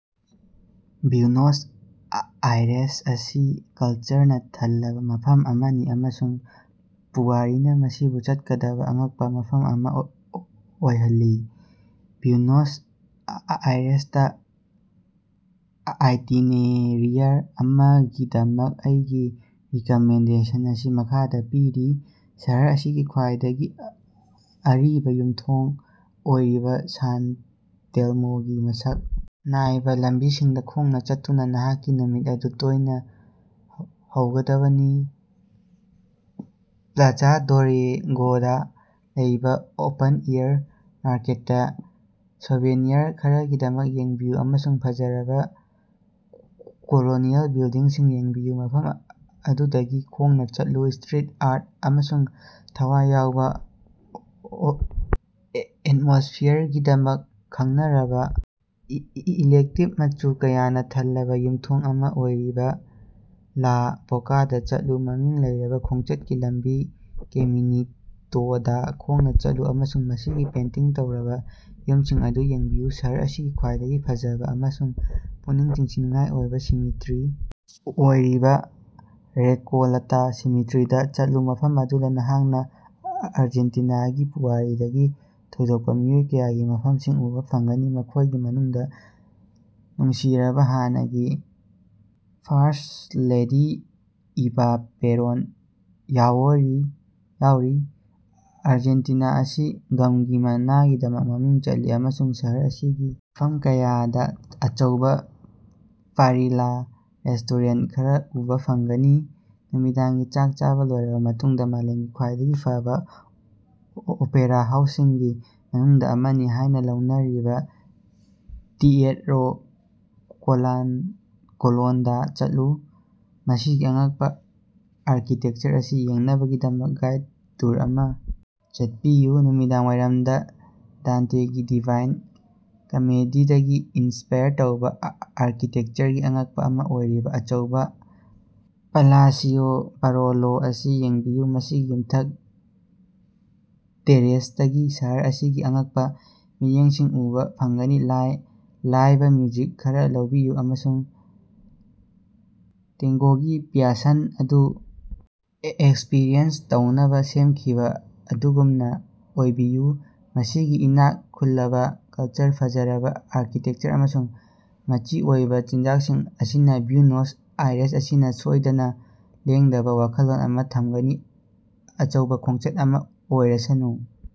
Buenos Aires ꯑꯁꯤ ꯀꯜꯆꯔꯅꯥ ꯊꯜꯂꯕꯥ ꯃꯐꯝ ꯑꯃꯅꯤ, ꯑꯃꯁꯨꯡ ꯄꯨꯋꯥꯔꯤꯅꯥ ꯃꯁꯤꯕꯨ ꯆꯠꯀꯗꯕꯥ ꯑꯉꯛꯄꯥ ꯃꯐꯝ ꯑꯃꯥ ꯑꯣꯏꯍꯜꯂꯤ꯫ ꯕ꯭ꯌꯨꯅꯣꯁ ꯑꯥꯏꯔꯦꯁꯇꯥ ꯑꯥꯏꯇꯤꯅꯦꯔꯤꯌꯔ ꯑꯃꯒꯤꯗꯃꯛ ꯑꯩꯒꯤ ꯔꯤꯀꯥꯃꯦꯟꯗꯦꯁꯟ ꯑꯁꯤ ꯃꯈꯥꯗꯥ ꯄꯤꯔꯤ: ꯁꯍꯔ ꯑꯁꯤꯒꯤ ꯈ꯭ꯋꯥꯏꯗꯒꯤ ꯑꯔꯤꯕꯥ ꯌꯨꯝꯊꯣꯡ ꯑꯣꯏꯔꯤꯕꯥ ꯁꯥꯟ ꯇꯦꯂꯃꯣꯒꯤ ꯃꯁꯛ ꯅꯥꯏꯕꯥ ꯂꯝꯕꯤꯁꯤꯡꯗꯥ ꯈꯣꯡꯅꯥ ꯆꯠꯇꯨꯅꯥ ꯅꯍꯥꯛꯀꯤ ꯅꯨꯃꯤꯠ ꯑꯗꯨ ꯇꯣꯢꯅꯥ ꯍꯧꯒꯗꯕꯅꯤ꯫ ꯄ꯭ꯂꯥꯖꯥ ꯗꯣꯔꯦꯒꯣꯗꯥ ꯂꯩꯕꯥ ꯑꯣꯄꯟ-ꯑꯦꯌꯔ ꯃꯥꯔꯀꯦꯠꯇꯥ ꯁꯣꯚꯦꯅꯤꯌꯔ ꯈꯔꯒꯤꯗꯃꯛ ꯌꯦꯡꯕꯤꯌꯨ ꯑꯃꯁꯨꯡ ꯐꯖꯔꯕꯥ ꯀꯣꯂꯣꯅꯤꯑꯦꯜ ꯕꯤꯜꯗꯤꯡꯁꯤꯡ ꯌꯦꯡꯕꯤꯌꯨ꯫ ꯃꯐꯝ ꯑꯗꯨꯗꯒꯤ ꯈꯣꯡꯅꯥ ꯆꯠꯂꯨ, ꯁꯇ꯭ꯔꯤꯠ ꯑꯥꯔꯠ ꯑꯃꯁꯨꯡ ꯊꯋꯥꯏ ꯌꯥꯎꯕꯥ ꯑꯦꯇꯃꯣꯁꯐꯤꯌꯥꯔꯒꯤꯗꯃꯛ ꯈꯪꯅꯔꯕꯥ ꯏꯂꯦꯛꯇꯤꯕ, ꯃꯆꯨ ꯀꯌꯥꯅꯥ ꯊꯜꯂꯕꯥ ꯌꯨꯃꯊꯣꯡ ꯑꯃꯥ ꯑꯣꯏꯔꯤꯕꯥ ꯂꯥ ꯕꯣꯀꯥꯗꯥ ꯆꯠꯂꯨ꯫ ꯃꯃꯤꯡ ꯂꯩꯔꯕꯥ ꯈꯣꯡꯆꯠꯀꯤ ꯂꯝꯕꯤ ꯀꯦꯃꯤꯅꯤꯇꯣꯗꯥ ꯈꯣꯡꯅꯥ ꯆꯠꯂꯨ ꯑꯃꯁꯨꯡ ꯃꯁꯤꯒꯤ ꯄꯦꯟꯇꯤꯡ ꯇꯧꯔꯕꯥ ꯌꯨꯃꯁꯤꯡ ꯑꯗꯨ ꯌꯦꯡꯕꯤꯌꯨ꯫ ꯁꯍꯔ ꯑꯁꯤꯒꯤ ꯈ꯭ꯋꯥꯏꯗꯒꯤ ꯐꯖꯕꯥ ꯑꯃꯁꯨꯡ ꯄꯨꯛꯅꯤꯡ ꯆꯤꯡꯁꯤꯟꯅꯤꯡꯉꯥꯏ ꯑꯣꯏꯕꯥ ꯁꯤꯃꯦꯇ꯭ꯔꯤ ꯑꯣꯏꯔꯤꯕꯥ ꯔꯦꯀꯣꯂꯇꯥ ꯁꯤꯃꯦꯇ꯭ꯔꯤꯗꯥ ꯆꯠꯂꯨ, ꯃꯐꯝ ꯑꯗꯨꯗꯥ ꯅꯍꯥꯛꯅꯥ ꯑꯔꯖꯦꯟꯇꯤꯅꯥꯒꯤ ꯄꯨꯋꯥꯔꯤꯗꯒꯤ ꯊꯣꯏꯗꯣꯛꯄꯥ ꯃꯤꯑꯣꯏ ꯀꯌꯥꯒꯤ ꯃꯐꯝꯁꯤꯡ ꯎꯕꯥ ꯐꯪꯒꯅꯤ, ꯃꯈꯣꯢꯒꯤ ꯃꯅꯨꯡꯗꯥ ꯅꯨꯡꯁꯤꯖꯔꯕꯥ ꯍꯥꯟꯅꯒꯤ ꯐꯥꯔꯁ꯭ꯠ ꯂꯦꯗꯤ ꯏꯚꯥ ꯄꯦꯔꯣꯟ ꯌꯥꯑꯣꯔꯤ꯫ ꯑꯔꯖꯦꯟꯇꯤꯅꯥ ꯑꯁꯤ ꯒꯝꯒꯤ ꯃꯅꯥꯒꯤꯗꯃꯛ ꯃꯃꯤꯡ ꯆꯠꯂꯤ ꯑꯃꯁꯨꯡ ꯁꯍꯔ ꯑꯁꯤꯒꯤ ꯃꯐꯝ ꯀꯌꯥꯗꯥ ꯑꯆꯧꯕꯥ ꯄꯥꯔꯤꯂꯥ ꯔꯦꯁꯇꯣꯔꯦꯟꯇ ꯈꯔꯥ ꯎꯕꯥ ꯐꯪꯒꯅꯤ꯫ ꯅꯨꯃꯤꯗꯥꯡꯒꯤ ꯆꯥꯛ ꯆꯥꯕꯥ ꯂꯣꯏꯔꯕꯥ ꯃꯇꯨꯡꯗꯥ ꯃꯥꯂꯦꯝꯒꯤ ꯈ꯭ꯋꯥꯏꯗꯒꯤ ꯐꯕꯥ ꯑꯣꯄꯦꯔꯥ ꯍꯥꯎꯁꯁꯤꯡꯒꯤ ꯃꯅꯨꯡꯗꯥ ꯑꯃꯅꯤ ꯍꯥꯢꯅꯥ ꯂꯧꯅꯔꯤꯕꯥ ꯇꯤꯑꯦꯠꯔꯣ ꯀꯣꯂꯣꯟꯗꯥ ꯆꯠꯂꯨ꯫ ꯃꯁꯤꯒꯤ ꯑꯉꯛꯄꯥ ꯑꯥꯔꯀꯤꯇꯦꯛꯆꯔ ꯑꯁꯤ ꯌꯦꯡꯅꯕꯒꯤꯗꯃꯛ ꯒꯥꯏꯗ ꯇꯨꯔ ꯑꯃꯥ ꯆꯠꯄꯤꯌꯨ꯫ ꯅꯨꯃꯤꯗꯥꯡꯋꯥꯏꯔꯃꯗꯥ, ꯗꯥꯟꯇꯦꯒꯤ ꯗꯤꯚꯥꯏꯟ ꯀꯃꯦꯗꯤꯗꯒꯤ ꯏꯟꯁꯄꯥꯏꯔ ꯇꯧꯕꯥ ꯑꯥꯔꯀꯤꯇꯦꯛꯆꯔꯒꯤ ꯑꯉꯛꯄꯥ ꯑꯃꯥ ꯑꯣꯏꯔꯤꯕꯥ ꯑꯆꯧꯕꯥ ꯄꯥꯂꯥꯁꯤꯑꯣ ꯕꯥꯔꯣꯂꯣ ꯑꯁꯤ ꯌꯦꯡꯕꯤꯌꯨ, ꯃꯁꯤꯒꯤ ꯌꯨꯝꯊꯛ ꯇꯦꯔꯦꯁꯇꯒꯤ ꯁꯍꯔ ꯑꯁꯤꯒꯤ ꯑꯉꯛꯄꯥ ꯃꯤꯠꯌꯦꯡꯁꯤꯡ ꯎꯕꯥ ꯐꯪꯒꯅꯤ꯫ ꯂꯥꯏꯕ ꯃ꯭ꯌꯨꯖꯤꯛ ꯈꯔꯥ ꯂꯧꯕꯤꯌꯨ ꯑꯃꯁꯨꯡ ꯇꯦꯉ꯭ꯒꯣꯒꯤ ꯄ꯭ꯌꯥꯁꯟ ꯑꯗꯨ ꯑꯦꯛꯁꯄ꯭ꯔꯤꯌꯦꯟꯁ ꯇꯧꯅꯕꯥ ꯁꯦꯝꯈꯤꯕꯥ ꯑꯗꯨꯒꯨꯝꯅꯥ ꯑꯣꯏꯕꯤꯌꯨ꯫ ꯃꯁꯤꯒꯤ ꯏꯅꯥꯛ ꯈꯨꯜꯂꯕꯥ ꯀꯜꯆꯔ, ꯐꯖꯔꯕꯥ ꯑꯥꯔꯀꯤꯇꯦꯛꯆꯔ ꯑꯃꯁꯨꯡ ꯃꯆꯤ ꯑꯣꯏꯕꯥ ꯆꯤꯟꯖꯥꯛꯁꯤꯡ ꯑꯁꯤꯅꯥ ꯕ꯭ꯌꯨꯅꯣꯁ ꯑꯥꯏꯔꯦꯁ ꯑꯁꯤꯅꯥ ꯁꯣꯏꯗꯅꯥ ꯂꯦꯡꯗꯕꯥ ꯋꯥꯈꯜꯂꯣꯟ ꯑꯃꯥ ꯊꯝꯒꯅꯤ꯫ ꯑꯆꯧꯕꯥ ꯈꯣꯡꯆꯠ ꯑꯃꯥ ꯑꯣꯏꯔꯁꯅꯨ꯫